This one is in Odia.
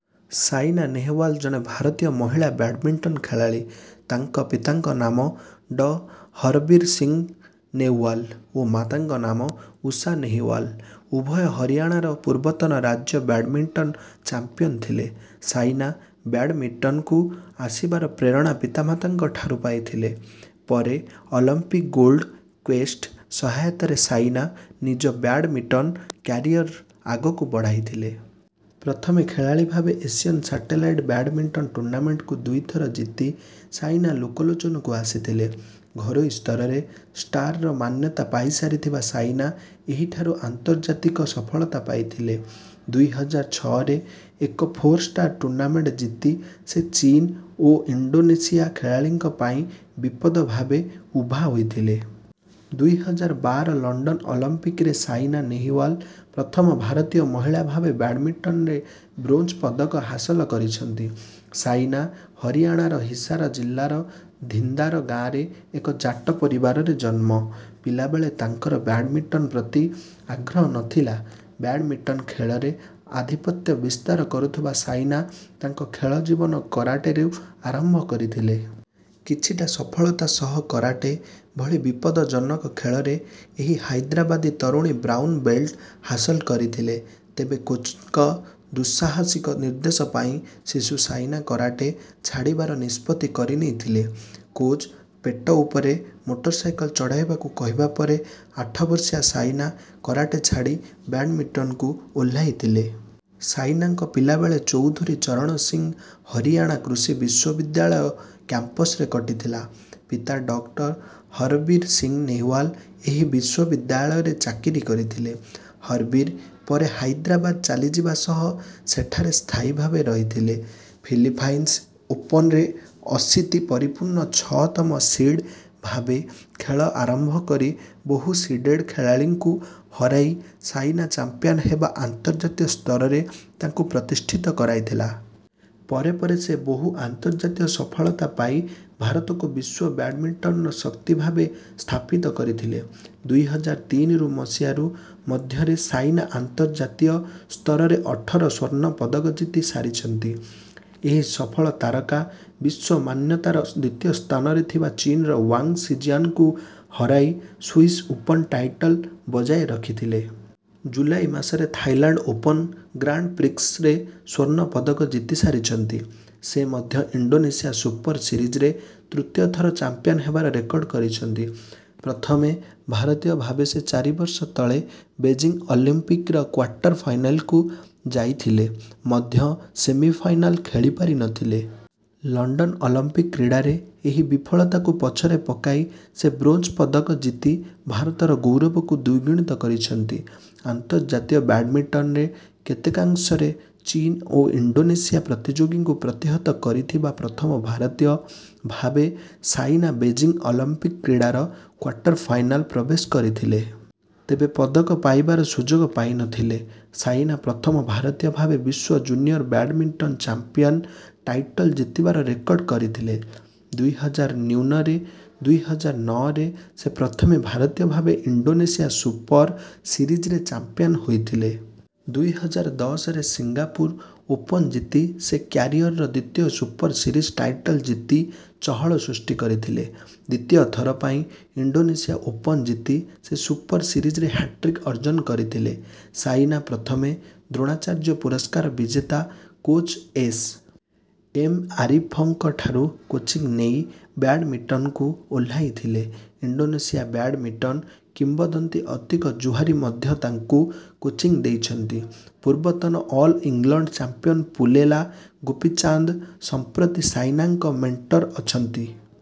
ସାଇନା ନେହୱାଲ ଜଣେ ଭାରତୀୟ ମହିଳା ବ୍ୟାଡ଼ମିଟନ ଖେଳାଳୀ। ତାଙ୍କ ପିତାଙ୍କ ନାମ ଡ. ହରବୀର ସିଂହ ନେହୱାଲ ଓ ମାତାଙ୍କ ନାମ ଊଷା ନେହୱାଲ। ଉଭୟ ହରିଆଣାର ପୂର୍ବତନ ରାଜ୍ୟ ବ୍ୟାଡ଼ମିଟନ ଚାମ୍ପିଆନ ଥିଲେ। ସାଇନା ବ୍ୟାଡ଼ମିଟନକୁ ଆସିବାର ପ୍ରେରଣା ପିତାମାତାଙ୍କଠାରୁ ପାଇଥିଲେ। ପରେ ଅଲିମ୍ପିକ ଗୋଲ୍ଡ କ୍ୱେଷ୍ଟ ସହାୟତାରେ ସାଇନା ନିଜ ବ୍ୟାଡ଼ମିଟନ କ୍ୟାରିଅର ଆଗକୁ ବଢ଼ାଇଥିଲେ। ପ୍ରଥମେ ଖେଳାଳୀ ଭାବେ ଏସିଆନ ସାଟେଲାଇଟ ବ୍ୟାଡ଼ମିଟନ ଟୁର୍ଣ୍ଣାମେଣ୍ଟକୁ ଦୁଇଥର ଜିତି ସାଇନା ଲୋକଲୋଚନକୁ ଆସିଥିଲେ। ଘରୋଇ ସ୍ତରରେ ଷ୍ଟାରର ମାନ୍ୟତା ପାଇସାରିଥିବା ସାଇନା ଏହିଠାରୁ ଆନ୍ତର୍ଜାତିକ ସଫଳତା ପାଇଥିଲେ। ଦୁଇ ହଜାର ଛଅରେ ଏକ ଫୋର ଷ୍ଟାର ଟୁର୍ଣ୍ଣାମେଣ୍ଟ ଜିତି ସେ ଚୀନ ଓ ଇଣ୍ଡୋନେସିଆ ଖେଳାଳୀଙ୍କ ପାଇଁ ବିପଦ ଭାବେ ଉଭା ହୋଇଥିଲେ। ଦୁଇ ହଜାର ବାର ଲଣ୍ଡନ ଅଲିମ୍ପିକରେ ସାଇନା ନେହୱାଲ ପ୍ରଥମ ଭାରତୀୟ ମହିଳା ଭାବେ ବ୍ୟାଡ଼ମିଟନରେ ବ୍ରୋଞ୍ଜ ପଦକ ହାସଲ କରିଛନ୍ତି। ସାଇନା ହରିଆଣାର ହିସାର ଜିଲ୍ଲାର ଧିନ୍ଦାର ଗାଁରେ ଏକ ଜାଟ ପରିବାରରେ ଜନ୍ମ। ପିଲାବେଳେ ତାଙ୍କର ବ୍ୟାଡ଼ମିଟନ ପ୍ରତି ଆଗ୍ରହ ନଥିଲା। ବ୍ୟାଡ଼ମିଟନ ଖେଳରେ ଆଧିପତ୍ୟ ବିସ୍ତାର କରୁଥିବା ସାଇନା ତାଙ୍କ ଖେଳ ଜୀବନ କରାଟେରୁ ଆରମ୍ଭ କରିଥିଲେ। କିଛିଟା ସଫଳତା ସହ କରାଟେ ଭଳି ବିପଦଜ୍ଜନକ ଖେଳରେ ଏହି ହାଇଦ୍ରାବାଦୀ ତରୁଣୀ ବ୍ରାଉନ ବେଲ୍ଟ ହାସଲ କରିଥିଲେ। ତେବେ କୋଚଙ୍କ ଦୁଃସାହସିକ ନିର୍ଦ୍ଦେଶ ପାଇଁ ଶିଶୁ ସାଇନା କରାଟେ ଛାଡ଼ିବାର ନିଷ୍ପତ୍ତି କରିନେଇଥିଲେ। କୋଚ ପେଟ ଉପରେ ମୋଟରସାଇକଲ ଚଢ଼ାଇବାକୁ କହିବା ପରେ ଆଠ ବର୍ଷୀୟା ସାଇନା କରାଟେ ଛାଡ଼ି ବ୍ୟାଡ଼ମିଟନକୁ ଓହ୍ଲାଇଥିଲେ। ସାଇନାଙ୍କ ପିଲାବେଳ ଚୌଧୁରୀ ଚରଣ ସିଂହ ହରିଆଣା କୃଷି ବିଶ୍ୱବିଦ୍ୟାଳୟ କ୍ୟାମ୍ପସରେ କଟିଥିଲା। ପିତା ଡ. ହରବୀର ସିଂହ ନେହୱାଲ ଏହି ବିଶ୍ୱବିଦ୍ୟାଳୟରେ ଚାକିରି କରିଥିଲେ। ହରବୀର ପରେ ହାଇଦ୍ରାବାଦ ଚାଲିଯିବା ସହ ସେଠାରେ ସ୍ଥାୟୀ ଭାବେ ରହିଥିଲେ। ଫିଲିପାଇନ୍ସ ଓପନରେ ଅଶୀତି ପରିପୂର୍ଣ୍ଣ ଛଅ ତମ ସିଡ୍ ଭାବେ ଖେଳ ଆରମ୍ଭ କରି ବହୁ ସିଡେଡ୍ ଖେଳାଳୀଙ୍କୁ ହରାଇ ସାଇନା ଚାମ୍ପିଆନ ହେବା ଆନ୍ତର୍ଜାତୀୟ ସ୍ତରରେ ତାଙ୍କୁ ପ୍ରତିଷ୍ଠିତ କରାଇଥିଲା। ପରେ ପରେ ସେ ବହୁ ଆନ୍ତର୍ଜାତୀୟ ସଫଳତା ପାଇ ଭାରତକୁ ବିଶ୍ୱ ବ୍ୟାଡ଼ମିଟନର ଶକ୍ତି ଭାବେ ସ୍ଥାପିତ କରିଥିଲେ। ଦୁଇ ହଜାର ତିନିରୁ ମସିହା ମଧ୍ୟରେ ସାଇନା ଆନ୍ତର୍ଜାତୀୟ ସ୍ତରରେ ଅଠର ସ୍ୱର୍ଣ୍ଣ ପଦକ ଜିତି ସାରିଛନ୍ତି। ଏହି ସଫଳ ତାରକା ବିଶ୍ୱ ମାନ୍ୟତାର ଦ୍ୱିତୀୟ ସ୍ଥାନରେ ଥିବା ଚୀନର ୱାଙ୍ଗ ସିଜିଆନଙ୍କୁ ହରାଇ ସୁଇସ ଓପନ ଟାଇଟଲ ବଜାୟ ରଖିଥିଲେ। ଜୁଲାଇ ମାସରେ ଥାଇଲାଣ୍ଡ ଓପନ ଗ୍ରାଣ୍ଡପ୍ରିକ୍ସରେ ସ୍ୱର୍ଣ୍ଣ ପଦକ ଜିତି ସାରିଛନ୍ତି। ସେ ମଧ୍ୟ ଇଣ୍ଡୋନେସିଆ ସୁପର ସିରିଜରେ ତୃତୀୟ ଥର ଚାମ୍ପିଆନ ହେବାର ରେକର୍ଡ କରିଛନ୍ତି। ପ୍ରଥମ ଭାରତୀୟ ଭାବେ ସେ ଚାରି ବର୍ଷ ତଳେ ବେଜିଂ ଅଲିମ୍ପିକର କ୍ୱାର୍ଟର ଫାଇନାଲକୁ ଯାଇଥିଲେ ମଧ୍ୟ ସେମିଫାଇନାଲ ଖେଳି ପାରି ନଥିଲେ। ଲଣ୍ଡନ ଅଲିମ୍ପିକ କ୍ରୀଡ଼ାରେ ଏହି ବିଫଳତାକୁ ପଛରେ ପକାଇ ସେ ବ୍ରୋଞ୍ଜ ପଦକ ଜିତି ଭାରତର ଗୌରବକୁ ଦ୍ୱିଗୁଣିତ କରିଛନ୍ତି। ଆନ୍ତର୍ଜାତୀୟ ବ୍ୟାଡ଼ମିଟନରେ କେତେକାଂଶରେ ଚୀନ ଓ ଇଣ୍ଡୋନେସିଆ ପ୍ରତିଯୋଗୀଙ୍କୁ ପ୍ରତିହତ କରିଥିବା ପ୍ରଥମ ଭାରତୀୟ ଭାବେ ସାଇନା ବେଜିଂ ଅଲିମ୍ପିକ କ୍ରୀଡ଼ାର କ୍ୱାର୍ଟର ଫାଇନାଲ ପ୍ରବେଶ କରିଥିଲେ। ତେବେ ପଦକ ପାଇବାର ସୁଯୋଗ ପାଇ ନ ଥିଲେ। ସାଇନା ପ୍ରଥମ ଭାରତୀୟ ଭାବେ ବିଶ୍ୱ ଜୁନିଅର ବ୍ୟାଡ଼ମିଟନ ଚାମ୍ପିଆନ ଟାଇଟଲ ଜିତିବାର ରେକର୍ଡ କରିଥିଲେ। ଦୁଇ ହଜାର ନ୍ୟୁନରେ ଦୁଇ ହଜାର ନଅରେ ସେ ପ୍ରଥମ ଭାରତୀୟ ଭାବେ ଇଣ୍ଡୋନେସିଆ ସୁପର ସିରିଜରେ ଚାମ୍ପିଆନ ହୋଇଥିଲେ। ଦୁଇ ହଜାର ଦଶରେ ସିଙ୍ଗାପୁର ଓପନ ଜିତି ସେ କ୍ୟାରିଅରର ଦ୍ୱିତୀୟ ସୁପର ସିରିଜ ଟାଇଟଲ ଜିତି ଚହଳ ସୃଷ୍ଟି କରିଥିଲେ। ଦ୍ୱିତୀୟ ଥର ପାଇଁ ଇଣ୍ଡୋନେସିଆ ଓପନ ଜିତି ସେ ସୁପର ସିରିଜରେ ହ୍ୟାଟ୍ରିକ ଅର୍ଜନ କରିଥିଲେ। ସାଇନା ପ୍ରଥମେ ଦ୍ରୋଣାଚାର୍ଯ୍ୟ ପୁରସ୍କାର ବିଜେତା କୋଚ ଏସ. ଏମ. ଆରିଫଙ୍କଠାରୁ କୋଚିଂ ନେଇ ବ୍ୟାଡ଼ମିଟନକୁ ଓହ୍ଲାଇଥିଲେ। ଇଣ୍ଡୋନେସିଆ ବ୍ୟାଡ଼ମିଟନ କିମ୍ବଦନ୍ତୀ ଅତିକ ଜୁହାରି ମଧ୍ୟ ତାଙ୍କୁ କୋଚିଂ ଦେଇଛନ୍ତି। ପୂର୍ବତନ all England champion Pullela Gopichand ସମ୍ପ୍ରତି ସାଇନାଙ୍କ ମେଣ୍ଟର ଅଛନ୍ତି।